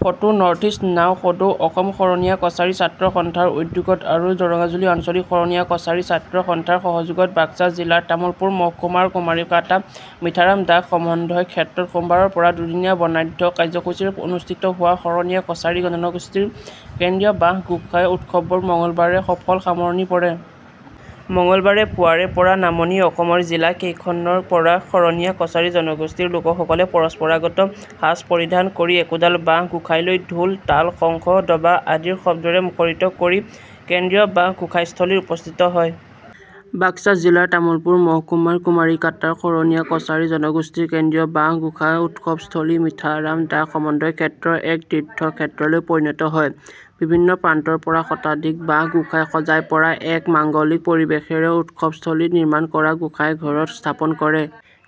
Photo- Northeast now. সদৌ অসম শৰণীয়া কছাৰী ছাত্ৰ সন্থাৰ উদ্যোগত আৰু দৰঙাজুলি আঞ্চলিক শৰণীয়া কছাৰী ছাত্ৰ সন্থাৰ সহযোগত বাক্সা জিলাৰ তামুলপুৰ মহকুমাৰ কুমাৰীকাটা মিঠাৰাম দাস সমন্বয় ক্ষেত্ৰত সোমবাৰৰ পৰা দুদিনীয়া বৰ্ণাঢ্য কাৰ্যসূচীৰে অনুষ্ঠিত হোৱা শৰণীয়া কছাৰী জনগোষ্ঠীৰ কেন্দ্ৰীয় বাঁহ গোঁসাই উৎসৱৰ মঙলবাৰে সফল সামৰণি পৰে। মঙলবাৰে পুৱাৰে পৰা নামনি অসমৰ জিলা কেইখনৰ পৰা শৰণীয়া কছাৰী জনগোষ্ঠীৰ লোকসকলে পৰম্পৰাগত সাজ পৰিধান কৰি একোডাল বাঁহ গোঁসাই লৈ ঢোল, তাল, শংখ, দবা আদিৰ শব্দৰে মুখৰিত কৰি কেন্দ্ৰীয় বাঁহ গোসাইস্থলীত উপস্থিত হয়। বাক্সা জিলাৰ তামুলপুৰ মহকুমাৰ কুমাৰীকাটাৰ শৰণীয়া কছাৰী জনগোষ্ঠীৰ কেন্দ্ৰীয় বাঁহ গোঁসাই উৎসৱস্থলী মিঠাৰাম দাস সমন্বয় ক্ষেত্ৰ এক তীৰ্থ ক্ষেত্ৰলৈ পৰিণত হয়। বিভিন্ন প্ৰান্তৰ পৰা শতাধিক বাঁহ গোঁসাই সজাই-পৰাই এক মাঙ্গলিক পৰিৱেশেৰে উৎসৱস্থলীত নিৰ্মাণ কৰা গোঁসাই ঘৰত স্থাপন কৰে।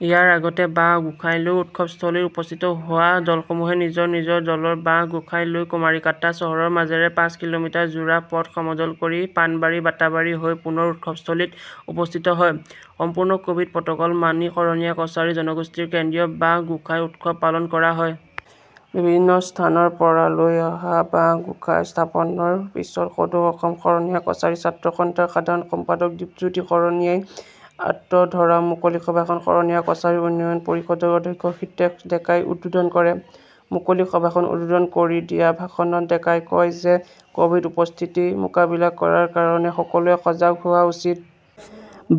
ইয়াৰ আগতে বাঁহ গোঁসাই লৈ উৎসৱস্থলীত উপস্থিত হোৱা দলসমূহে নিজৰ নিজৰ দলৰ বাঁহ গোঁসাই লৈ কুমাৰীকাটা চহৰৰ মাজেৰে পাঁচ কিলোমিটাৰ জোৰা পথ সমদল কৰি পানবাৰী-বাটাবাৰী হৈ পুনৰ উৎসৱস্থলীত উপস্থিত হয়। সম্পূৰ্ণ ক'ভিড প্ৰট'কল মানি শৰণীয়া কছাৰী জনগোষ্ঠীৰ কেন্দ্ৰীয় বাঁহ গোঁসাই উৎসৱ পালন কৰা হয়। বিভিন্ন স্থানৰ পৰা লৈ অহা বাঁহ গোঁসাই স্থাপনৰ পিছতে সদৌ অসম শৰণীয়া কছাৰী ছাত্ৰ সন্থাৰ সাধাৰণ সম্পাদক দীপজ্যোতি শৰণীয়াই আঁত ধৰা মুকলি সভাখন শৰণীয়া কছাৰী উন্নয়ন পৰিষদৰ অধ্যক্ষ হিতেশ ডেকাই উদ্বোধন কৰে। মুকলি সভাখন উদ্বোধন কৰি দিয়া ভাষণত ডেকাই কয় যে ক'ভিড পৰিস্থিতি মোকাবিলা কৰাৰ কাৰণে সকলোৱে সজাগ হোৱা উচিত।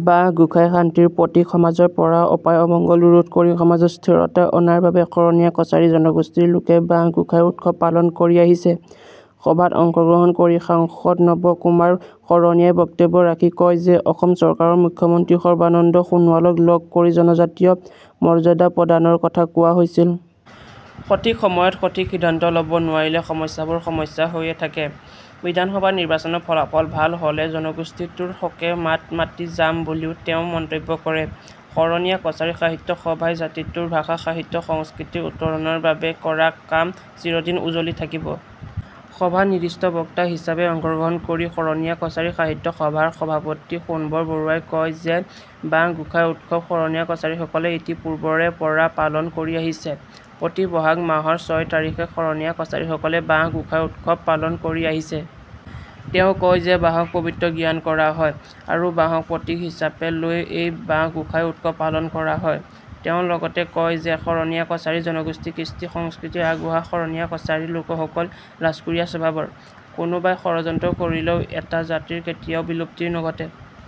বাঁহ গোঁসাই শান্তিৰ প্ৰতীক, সমাজৰ পৰা অপায়-অমঙ্গল ৰোধ কৰি সমাজত স্থিৰতা অনাৰ বাবে শৰণীয়া কছাৰী জনগোষ্ঠীৰ লোকে বাঁহ গোঁসাই উৎসৱ পালন কৰি আহিছে। সভাত অংশগ্ৰহণ কৰি সাংসদ নৱ কুমাৰ শৰণীয়াই বক্তব্য ৰাখি কয় যে অসম চৰকাৰৰ মুখ্যমন্ত্ৰী সৰ্বানন্দ সোণোৱালক লগ কৰি জনজাতীয় মৰ্যাদা প্ৰদানৰ কথা কোৱা হৈছিল। সঠিক সময়ত সঠিক সিদ্ধান্ত ল'ব নোৱাৰিলে সমস্যাবোৰ সমস্যা হৈয়ে থাকে। বিধানসভা নিৰ্বাচনত ফলাফল ভাল হ'লে জনগোষ্ঠীটোৰ হকে মাত মাতি যাম বুলিও তেওঁ মন্তব্য কৰে। শৰণীয়া কছাৰী সাহিত্য সভাই জাতিটোৰ ভাষা-সাহিত্য-সংস্কৃতিৰ উত্তৰণৰ বাবে কৰা কাম চিৰদিন উজলি থাকিব। সভাত নিৰ্দিষ্ট বক্তা হিচাপে অংশগ্ৰহণ কৰি শৰণীয়া কছাৰী সাহিত্য সভাৰ সভাপতি সোণবৰ বৰুৱাই কয় যে বাঁহ গোঁসাই উৎসৱ শৰণীয়া কছাৰীসকলে ইতিপূৰ্বৰে পৰা পালন কৰি আহিছে। প্ৰতি ব'হাগ মাহৰ ছয় তাৰিখে শৰণীয়া কছাৰীসকলে বাঁহ গোঁসাই উৎসৱ পালন কৰি আহিছে। তেওঁ কয় যে বাঁহক পৱিত্ৰ জ্ঞান কৰা হয় আৰু বাঁহক প্ৰতীক হিচাপে লৈ এই বাঁহ গোঁসাই উৎসৱ পালন কৰা হয়। তেওঁ লগতে কয় যে শৰণীয়া কছাৰী জনগোষ্ঠী কৃষ্টি-সংস্কৃতিত আগবঢ়া। শৰণীয়া কছাৰীৰ লোকসকল লাজকুৰীয়া স্বভাৱৰ, কোনোবাই ষড়যন্ত্ৰ কৰিলেও এটা জাতিৰ কেতিয়াও বিলুপ্তি নঘটে।